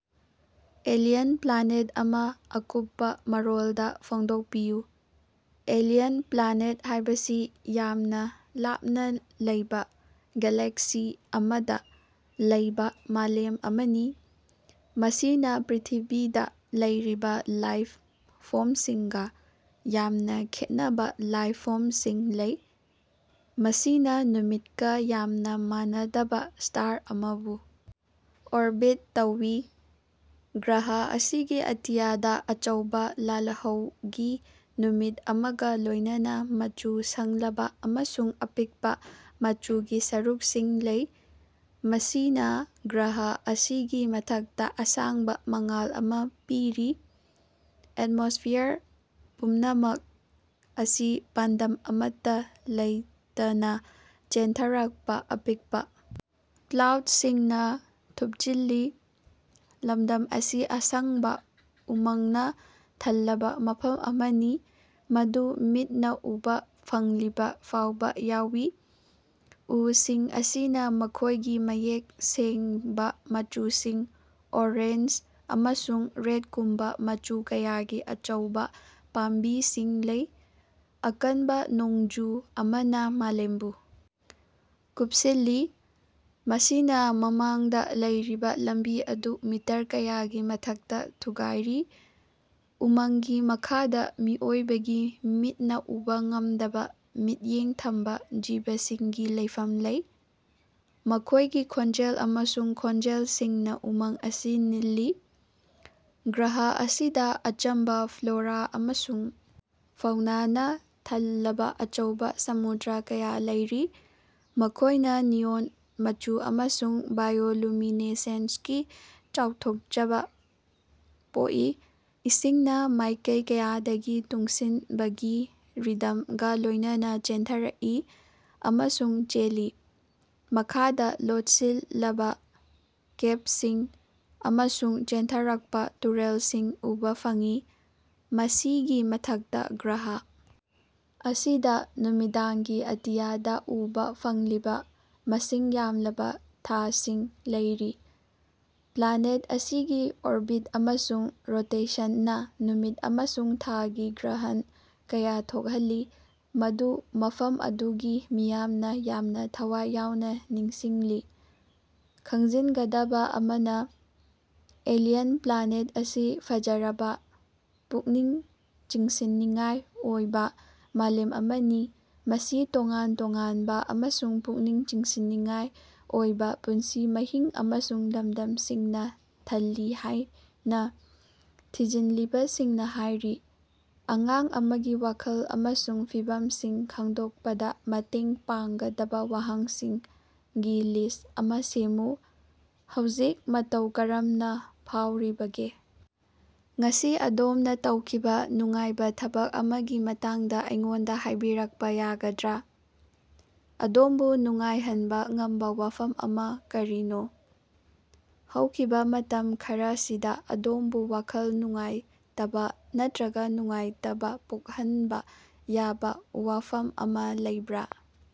Alien planet ꯑꯃꯥ ꯑꯀꯨꯞꯄꯥ ꯃꯔꯣꯜꯗꯥ ꯐꯣꯡꯗꯣꯛꯄꯤꯌꯨ꯫ ꯑꯦꯂꯤꯌꯟ ꯄ꯭ꯂꯥꯅꯦꯠ ꯍꯥꯏꯕꯁꯤ ꯌꯥꯝꯅꯥ ꯂꯥꯞꯅꯥ ꯂꯩꯕꯥ ꯒꯦꯂꯦꯛꯁꯤ ꯑꯃꯗꯥ ꯂꯩꯕꯥ ꯃꯥꯂꯦꯝ ꯑꯃꯅꯤ, ꯃꯁꯤꯅꯥ ꯄ꯭ꯔꯤꯊꯤꯕꯤꯗꯥ ꯂꯩꯔꯤꯕꯥ ꯂꯥꯏꯞ ꯐꯣꯝꯁꯤꯡꯒꯥ ꯌꯥꯝꯅꯥ ꯈꯦꯟꯅꯕꯥ ꯂꯥꯏꯞ ꯐꯣꯝꯁꯤꯡ ꯂꯩ, ꯃꯁꯤꯅꯥ ꯅꯨꯃꯤꯠꯀꯥ ꯌꯥꯝꯅꯥ ꯃꯥꯟꯅꯗꯕꯥ ꯁ꯭ꯇꯥꯔ ꯑꯃꯕꯨ ꯑꯣꯔꯕꯤꯠ ꯇꯧꯏ꯫ ꯒ꯭ꯔꯍ ꯑꯁꯤꯒꯤ ꯑꯇꯤꯌꯥꯗꯥ ꯑꯆꯧꯕꯥ ꯂꯥꯜꯍꯧꯒꯤ ꯅꯨꯃꯤꯠ ꯑꯃꯒꯥ ꯂꯣꯏꯅꯅꯥ ꯃꯆꯨ ꯁꯪꯂꯕꯥ ꯑꯃꯁꯨꯡ ꯑꯄꯤꯛꯄꯥ ꯃꯆꯨꯒꯤ ꯁꯔꯨꯛꯁꯤꯡ ꯂꯩ, ꯃꯁꯤꯅꯥ ꯒ꯭ꯔꯍ ꯑꯁꯤꯒꯤ ꯃꯊꯛꯇꯥ ꯑꯁꯥꯡꯕꯥ ꯃꯉꯥꯜ ꯑꯃꯥ ꯄꯤꯔꯤ꯫ ꯑꯦꯠꯃꯣꯁꯐꯤꯌꯔ ꯄꯨꯝꯅꯃꯛ ꯑꯁꯤ ꯄꯥꯟꯗꯝ ꯑꯃꯠꯇꯥ ꯂꯩꯇꯅꯥ ꯆꯦꯟꯊꯔꯛꯄꯥ ꯑꯄꯤꯛꯄꯥ ꯀ꯭ꯂꯥꯎꯗꯁꯤꯡꯅꯥ ꯊꯨꯞꯆꯤꯜꯂꯤ꯫ ꯂꯝꯗꯝ ꯑꯁꯤ ꯑꯁꯪꯕꯥ ꯎꯃꯪꯅꯥ ꯊꯜꯂꯕꯥ ꯃꯐꯝ ꯑꯃꯅꯤ, ꯃꯗꯨ ꯃꯤꯠꯅꯥ ꯎꯕꯥ ꯐꯪꯂꯤꯕꯥ ꯐꯥꯎꯕꯥ ꯌꯧꯏ꯫ ꯎꯁꯤꯡ ꯑꯁꯤꯅꯥ ꯃꯈꯣꯏꯒꯤ ꯃꯌꯦꯛ ꯁꯦꯡꯕꯥ ꯃꯆꯨꯁꯤꯡ ꯑꯣꯔꯦꯟꯖ ꯑꯃꯁꯨꯡ ꯔꯦꯠꯀꯨꯝꯕꯥ ꯃꯆꯨ ꯀꯌꯥꯒꯤ ꯑꯆꯧꯕꯥ ꯄꯥꯝꯕꯤꯁꯤꯡ ꯂꯩ꯫ ꯑꯀꯟꯕꯥ ꯅꯣꯡꯖꯨ ꯑꯃꯅꯥ ꯃꯥꯂꯦꯝꯕꯨ ꯀꯨꯞꯁꯤꯜꯂꯤ, ꯃꯁꯤꯅꯥ ꯃꯃꯥꯡꯗꯥ ꯂꯩꯔꯤꯕꯥ ꯂꯝꯕꯤ ꯑꯗꯨ ꯃꯤꯇꯔ ꯀꯌꯥꯒꯤ ꯃꯊꯛꯇꯥ ꯊꯨꯒꯥꯏꯔꯤ꯫ ꯎꯃꯪꯒꯤ ꯃꯈꯥꯗꯥ ꯃꯤꯑꯣꯏꯕꯒꯤ ꯃꯤꯠꯅꯥ ꯎꯕꯥ ꯉꯝꯗꯕꯥ ꯃꯤꯠꯌꯦꯡ ꯊꯝꯕꯥ ꯖꯤꯕꯁꯤꯡꯒꯤ ꯂꯩꯐꯝ ꯂꯩ꯫ ꯃꯈꯣꯏꯒꯤ ꯈꯣꯟꯖꯦꯜ ꯑꯃꯁꯨꯡ ꯈꯣꯟꯖꯦꯜꯁꯤꯡꯅꯥ ꯎꯃꯪ ꯑꯁꯤ ꯅꯤꯜꯂꯤ꯫ ꯒ꯭ꯔꯍ ꯑꯁꯤꯗꯥ ꯑꯆꯝꯕꯥ ꯐ꯭ꯂꯣꯔꯥ ꯑꯃꯁꯨꯡ ꯐꯥꯎꯅꯥꯅ ꯊꯜꯂꯕꯥ ꯑꯆꯧꯕꯥ ꯁꯃꯨꯗ꯭ꯔ ꯀꯌꯥ ꯂꯩꯔꯤ, ꯃꯈꯣꯏꯅꯥ ꯅꯤꯑꯣꯟ ꯃꯆꯨ ꯑꯃꯁꯨꯡ ꯕꯥꯏꯑꯣꯂꯨꯃꯤꯅꯦꯁꯦꯟꯁꯀꯤ ꯆꯥꯎꯊꯣꯛꯆꯕꯥ ꯄꯣꯛꯏ꯫ ꯏꯁꯤꯡꯅ ꯃꯥꯏꯀꯩ ꯀꯌꯥꯗꯒꯤ ꯇꯨꯡꯁꯤꯟꯕꯒꯤ ꯔꯤꯗꯝꯒꯥ ꯂꯣꯏꯅꯅꯥ ꯆꯦꯟꯊꯔꯛꯏ ꯑꯃꯁꯨꯡ ꯆꯦꯜꯂꯤ, ꯃꯈꯥꯗꯥ ꯂꯣꯠꯁꯤꯜꯂꯕꯥ ꯀꯦꯞꯁꯤꯡ ꯑꯃꯁꯨꯡ ꯆꯦꯟꯊꯔꯛꯄꯥ ꯇꯨꯔꯦꯜꯁꯤꯡ ꯎꯕꯥ ꯐꯪꯏ꯫ ꯃꯁꯤꯒꯤ ꯃꯊꯛꯇꯥ ꯒ꯭ꯔꯍ ꯑꯁꯤꯗꯥ ꯅꯨꯃꯤꯗꯥꯡꯒꯤ ꯑꯇꯤꯌꯥꯗꯥ ꯎꯕꯥ ꯐꯪꯂꯤꯕꯥ ꯃꯁꯤꯡ ꯌꯥꯝꯂꯕꯥ ꯊꯥꯁꯤꯡ ꯂꯩꯔꯤ꯫ ꯄ꯭ꯂꯥꯅꯦꯠ ꯑꯁꯤꯒꯤ ꯑꯣꯔꯕꯤꯠ ꯑꯃꯁꯨꯡ ꯔꯣꯇꯦꯁꯟꯅꯥ ꯅꯨꯃꯤꯠ ꯑꯃꯁꯨꯡ ꯊꯥꯒꯤ ꯒ꯭ꯔꯍꯟ ꯀꯌꯥ ꯊꯣꯛꯍꯜꯂꯤ ꯃꯗꯨ ꯃꯐꯝ ꯑꯗꯨꯒꯤ ꯃꯤꯌꯥꯝꯅꯥ ꯌꯥꯝꯅꯥ ꯊꯋꯥꯏ ꯌꯥꯎꯅꯥ ꯅꯤꯡꯁꯤꯡꯂꯤ꯫ ꯈꯪꯖꯤꯟꯒꯗꯕꯥ ꯑꯃꯅꯥ, ꯑꯦꯂꯤꯌꯟ ꯄ꯭ꯂꯥꯅꯦꯠ ꯑꯁꯤ ꯐꯖꯔꯕꯥ, ꯄꯨꯛꯅꯤꯡ ꯆꯤꯡꯁꯤꯟꯅꯤꯡꯉꯥꯏ ꯑꯣꯏꯕꯥ ꯃꯥꯂꯦꯝ ꯑꯃꯅꯤ, ꯃꯁꯤ ꯇꯣꯉꯥꯟ ꯇꯣꯉꯥꯟꯕꯥ ꯑꯃꯁꯨꯡ ꯄꯨꯛꯅꯤꯡ ꯆꯤꯡꯁꯤꯟꯅꯤꯡꯉꯥꯏ ꯑꯣꯏꯕꯥ ꯄꯨꯟꯁꯤ ꯃꯍꯤꯡ ꯑꯃꯁꯨꯡ ꯂꯃꯗꯝꯁꯤꯡꯅꯥ ꯊꯜꯂꯤ ꯍꯥꯏꯅꯥ, ꯊꯤꯖꯤꯟꯂꯤꯕꯥꯁꯤꯡꯅꯥ ꯍꯥꯏꯔꯤ꯫ ꯑꯉꯥꯡ ꯑꯃꯒꯤ ꯋꯥꯈꯜ ꯑꯃꯁꯨꯡ ꯐꯤꯚꯝꯁꯤꯡ ꯈꯪꯗꯣꯛꯄꯗꯥ ꯃꯇꯦꯡ ꯄꯥꯡꯒꯗꯕꯥ ꯋꯥꯍꯪꯁꯤꯡꯒꯤ ꯂꯤꯁ ꯑꯃꯥ ꯁꯦꯝꯃꯨ꯫ ꯍꯧꯖꯤꯛ ꯃꯇꯧ ꯀꯔꯝꯅꯥ ꯐꯥꯎꯔꯤꯕꯒꯦ? ꯉꯁꯤ ꯑꯗꯣꯝꯅꯥ ꯇꯧꯈꯤꯕꯥ ꯅꯨꯡꯉꯥꯏꯕꯥ ꯊꯕꯛ ꯑꯃꯒꯤ ꯃꯇꯥꯡꯗꯥ ꯑꯩꯉꯣꯟꯗꯥ ꯍꯥꯏꯕꯤꯔꯛꯄꯥ ꯌꯥꯒꯗ꯭ꯔꯥ? ꯑꯗꯣꯝꯕꯨ ꯅꯨꯡꯉꯥꯏꯍꯟꯕꯥ ꯉꯝꯕꯥ ꯋꯥꯐꯝ ꯑꯃꯥ ꯀꯔꯤꯅꯣ? ꯍꯧꯈꯤꯕꯥ ꯃꯇꯝ ꯈꯔꯁꯤꯗꯥ ꯑꯗꯣꯝꯕꯨ ꯋꯥꯈꯜ ꯅꯨꯡꯉꯥꯏꯇꯕꯥ ꯅꯠꯇ꯭ꯔꯒꯥ ꯅꯨꯡꯉꯥꯏꯇꯕꯥ ꯄꯣꯛꯍꯟꯕꯥ ꯌꯥꯕꯥ ꯋꯥꯐꯝ ꯑꯃꯥ ꯂꯩꯕꯔꯥ?